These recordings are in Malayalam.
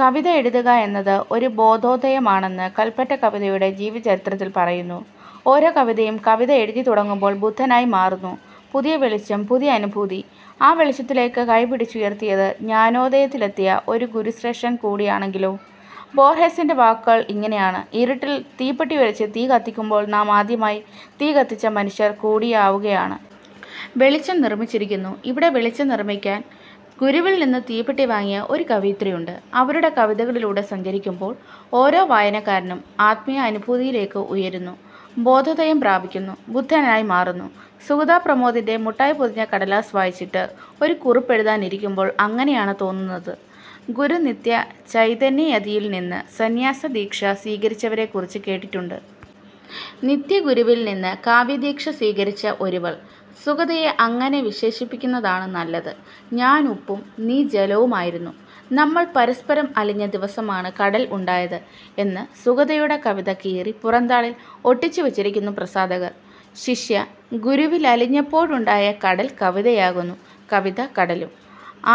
കവിത എഴുതുക എന്നത് ഒരു ബോധോദയമാണെന്ന് കൽപറ്റ കവിതയുടെ ജീവചരിത്രത്തിൽ പറയുന്നു. ഓരോ കവിയും കവിത എഴുതിത്തുടങ്ങുമ്പോൾ ബുദ്ധനായി മാറുന്നു. പുതിയ വെളിച്ചം, പുതിയ അനുഭൂതി. ആ വെളിച്ചത്തിലേക്ക് കൈപിടിച്ചുയർത്തിയത് ജ്ഞാനോദയത്തിലെത്തിയ ഒരു ഗുരുശ്രേഷ്ഠൻ കൂടിയാണെങ്കിലോ. ബോർഹെസിൻ്റെ വാക്കുകൾ ഇങ്ങനെയാണ്. ഇരുട്ടിൽ തീപ്പെട്ടിയുരച്ച് തീ കത്തിക്കുമ്പോൾ നാം ആദ്യമായി തീ കത്തിച്ച മനുഷ്യൻ കൂടിയാവുകയാണ്. വെളിച്ചം നിർമിച്ചിരിക്കുന്നു. ഇവിടെ വെളിച്ചം നിർമിക്കാൻ ഗുരുവിൽനിന്ന് തീപ്പെട്ടി വാങ്ങിയ ഒരു കവയിത്രിയുണ്ട്. അവരുടെ കവിതകളിലൂടെ സഞ്ചരിക്കുമ്പോൾ ഓരോ വായനക്കാരനും ആത്മീയ അനുഭൂതിയിലേക്ക് ഉയരുന്നു, ബോധോദയം പ്രാപിക്കുന്നു, ബുദ്ധനായി മാറുന്നു. സുഗത പ്രമോദിൻ്റെ മുട്ടായി പൊതിഞ്ഞ കടലാസ് വായിച്ചിട്ട് ഒരു കുറിപ്പെഴുതാനിരിക്കുമ്പോൾ അങ്ങനെയാണ് തോന്നുന്നത്. ഗുരു നിത്യ ചൈതന്യയതിയിൽനിന്ന് സന്യാസദീക്ഷ സ്വീകരിച്ചവരെക്കുറിച്ച് കേട്ടിട്ടുണ്ട്. നിത്യഗുരുവിൽനിന്ന് കാവ്യദീക്ഷ സ്വീകരിച്ച ഒരുവൾ, സുഗതയെ അങ്ങനെ വിശേഷിപ്പിക്കുന്നതാണു നല്ലത്. ഞാൻ ഉപ്പും നീ ജലവുമായിരുന്നു. നമ്മൾ പരസ്പരം അലിഞ്ഞ ദിവസമാണ് കടൽ ഉണ്ടായത് എന്ന് സുഗതയുടെ കവിത കീറി പുറംതാളിൽ ഒട്ടിച്ചുവച്ചിരിക്കുന്നു പ്രസാധകർ. ശിഷ്യ ഗുരുവിലലിഞ്ഞപ്പോഴുണ്ടായ കടൽ കവിതയാകുന്നു. കവിത കടലും.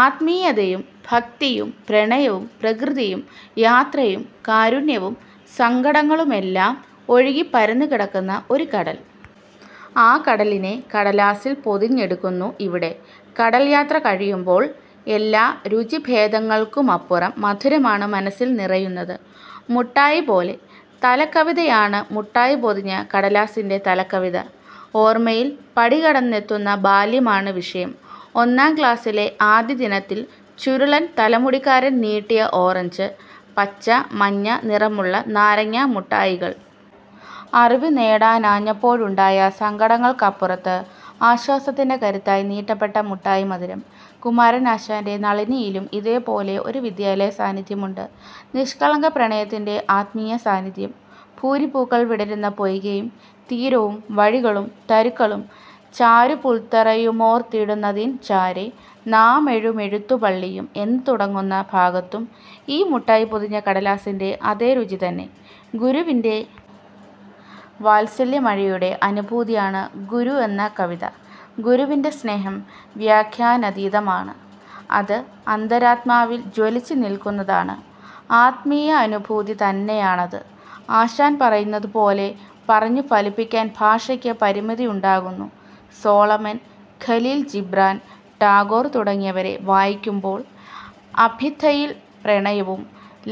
ആത്മീയതയും ഭക്തിയും പ്രണയവും പ്രകൃതിയും യാത്രയും കാരുണ്യവും സങ്കടങ്ങളുമെല്ലാം ഒഴുകിപ്പരന്നു കിടക്കുന്ന ഒരു കടൽ. ആ കടലിനെ കടലാസിൽ പൊതിഞ്ഞെടുക്കുന്നു ഇവിടെ. കടൽയാത്ര കഴിയുമ്പോൾ എല്ലാ രുചിഭേദങ്ങൾക്കുമപ്പുറം മധുരമാണ് മനസ്സിൽ നിറയുന്നത്, മുട്ടായി പോലെ. തലക്കവിതയാണ് മുട്ടായി പൊതിഞ്ഞ കടലാസിൻ്റെ തലക്കവിത. ഓർമ്മയിൽ പടികടന്നെത്തുന്ന ബാല്യമാണ് വിഷയം. ഒന്നാം ക്ലാസിലെ ആദ്യദിനത്തിൽ ചുരുളൻ തലമുടിക്കാരൻ നീട്ടിയ ഓറഞ്ച്, പച്ച, മഞ്ഞ നിറമുള്ള നാരങ്ങ മുട്ടായികൾ. അറിവുനേടാനാഞ്ഞപ്പോഴുണ്ടായ സങ്കടങ്ങൾക്കപ്പുറത്ത് ആശ്വാസത്തിൻ്റെ കരുത്തായി നീട്ടപ്പെട്ട മുട്ടായി മധുരം. കുമാരനാശാൻ്റെ നളിനിയിലും ഇതേപോലെ ഒരു വിദ്യാലയ സാന്നിധ്യമുണ്ട്. നിഷ്കളങ്ക പ്രണയത്തിൻ്റെ ആത്മീയ സാന്നിധ്യം. ഭൂരിപൂക്കൾ വിടരുന്ന പൊയ്കയും തീരവും വഴികളും തരുക്കളും ചാരുപുൽത്തറയുമോർത്തിടുനതിൻ ചാരെ നാമെഴുമെഴുത്തുപള്ളിയും എന്ന് തുടങ്ങുന്ന ഭാഗത്തും ഈ മുട്ടായി പൊതിഞ്ഞ കടലാസിൻ്റെ അതേ രുചിതന്നെ. ഗുരുവിൻ്റെ വാത്സല്യമഴയുടെ അനുഭൂതിയാണ് ഗുരു എന്ന കവിത. ഗുരുവിൻ്റെ സ്നേഹം വ്യാഖ്യാനാതീതമാണ്. അത് അന്തരാത്മാവിൽ ജ്വലിച്ചുനിൽക്കുന്നതാണ്. ആത്മീയാനുഭൂതി തന്നെയാണത്. ആശാൻ പറയുന്നതുപോലെ പറഞ്ഞുഫലിപ്പിക്കാൻ ഭാഷയ്ക്ക് പരിമിതിയുണ്ടാകുന്നു. സോളമൻ, ഖലീൽ ജിബ്രാൻ, ടാഗോർ തുടങ്ങിയവരെ വായിക്കുമ്പോൾ അഭിധയിൽ പ്രണയവും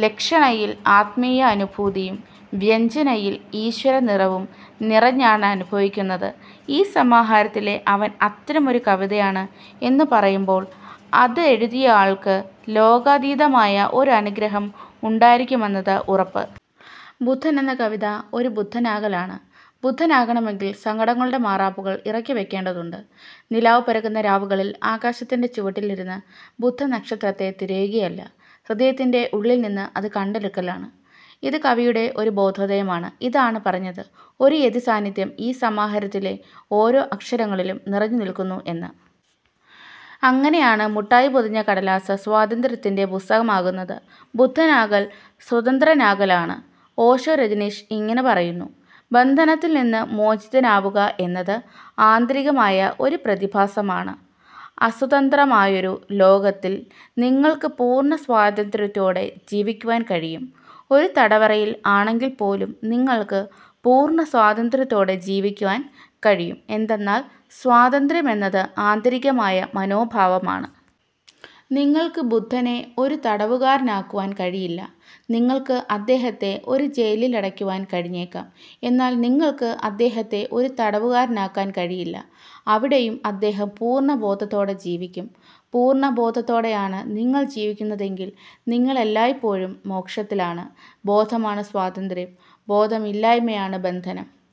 ലക്ഷണയിൽ ആത്മീയാനുഭൂതിയും വ്യഞ്ജനയിൽ ഈശ്വരനിറവും നിറഞ്ഞാണനുഭവിക്കുന്നത്.ഈ സമാഹാരത്തിലെ അവൻ അത്തരമൊരു കവിതയാണ് എന്നു പറയുമ്പോൾ അതെഴുതിയയാൾക്ക് ലോകാതീതമായ ഒരു അനുഗ്രഹം ഉണ്ടായിരിക്കുമെന്നത് ഉറപ്പ്. ബുദ്ധൻ എന്ന കവിത ഒരു ബുദ്ധനാകലാണ്. ബുദ്ധനാകണമെങ്കിൽ സങ്കടങ്ങളുടെ മാറാപ്പുകൾ ഇറക്കിവയ്ക്കേണ്ടതുണ്ട്. നിലാവു പരക്കുന്ന രാവുകളിൽ ആകാശത്തിൻ്റെ ചുവട്ടിലിരുന്ന് ബുദ്ധനക്ഷത്രത്തെ തിരയുകയല്ല. ഹൃദയത്തിൻ്റെ ഉള്ളിൽനിന്ന് അത് കണ്ടെടുക്കലാണ്. ഇത് കവിയുടെ ഒരു ബോധോദയമാണ്. ഇതാണ് പറഞ്ഞത്, ഒരു യതിസാന്നിധ്യം ഈ സമാഹാരത്തിലെ ഓരോ അക്ഷരങ്ങളിലും നിറഞ്ഞുനിൽക്കുന്നു എന്ന്. അങ്ങനെയാണ് മുട്ടായി പൊതിഞ്ഞ കടലാസ് സ്വാതന്ത്ര്യത്തിൻ്റെ പുസ്തകമാകുന്നത്. ബുദ്ധനാകൽ സ്വതന്ത്രനാകലാണ്. ഓഷോ രജനീഷ് ഇങ്ങനെ പറയുന്നു. ബന്ധനത്തിൽനിന്ന് മോചിതനാവുക എന്നത് ആന്തരികമായ ഒരു പ്രതിഭാസമാണ്. അസ്വതന്ത്രമായൊരു ലോകത്തിൽ നിങ്ങൾക്ക് പൂർണ സ്വാതന്ത്ര്യത്തോടെ ജീവിക്കുവാൻ കഴിയും. ഒരു തടവറയിൽ ആണെങ്കിൽപ്പോലും നിങ്ങൾക്ക് പൂർണ സ്വാതന്ത്ര്യത്തോടെ ജീവിക്കാൻ കഴിയും. എന്തെന്നാൽ സ്വാതന്ത്ര്യമെന്നത് ആന്തരികമായ മനോഭാവമാണ്. നിങ്ങൾക്ക് ബുദ്ധനെ ഒരു തടവുകാരനാക്കുവാൻ കഴിയില്ല. നിങ്ങൾക്ക് അദ്ദേഹത്തെ ഒരു ജയിലിലടയ്ക്കുവാൻ കഴിഞ്ഞേക്കാം. എന്നാൽ നിങ്ങൾക്ക് അദ്ദേഹത്തെ ഒരു തടവുകാരനാക്കാൻ കഴിയില്ല. അവിടെയും അദ്ദേഹം പൂർണബോധത്തോടെ ജീവിക്കും. പൂർണബോധത്തോടെയാണ് നിങ്ങൾ ജീവിക്കുന്നതെങ്കിൽ, നിങ്ങളെല്ലായ്പ്പോഴും മോക്ഷത്തിലാണ്. ബോധമാണ് സ്വാതന്ത്ര്യം. ബോധമില്ലായ്മയാണ് ബന്ധനം.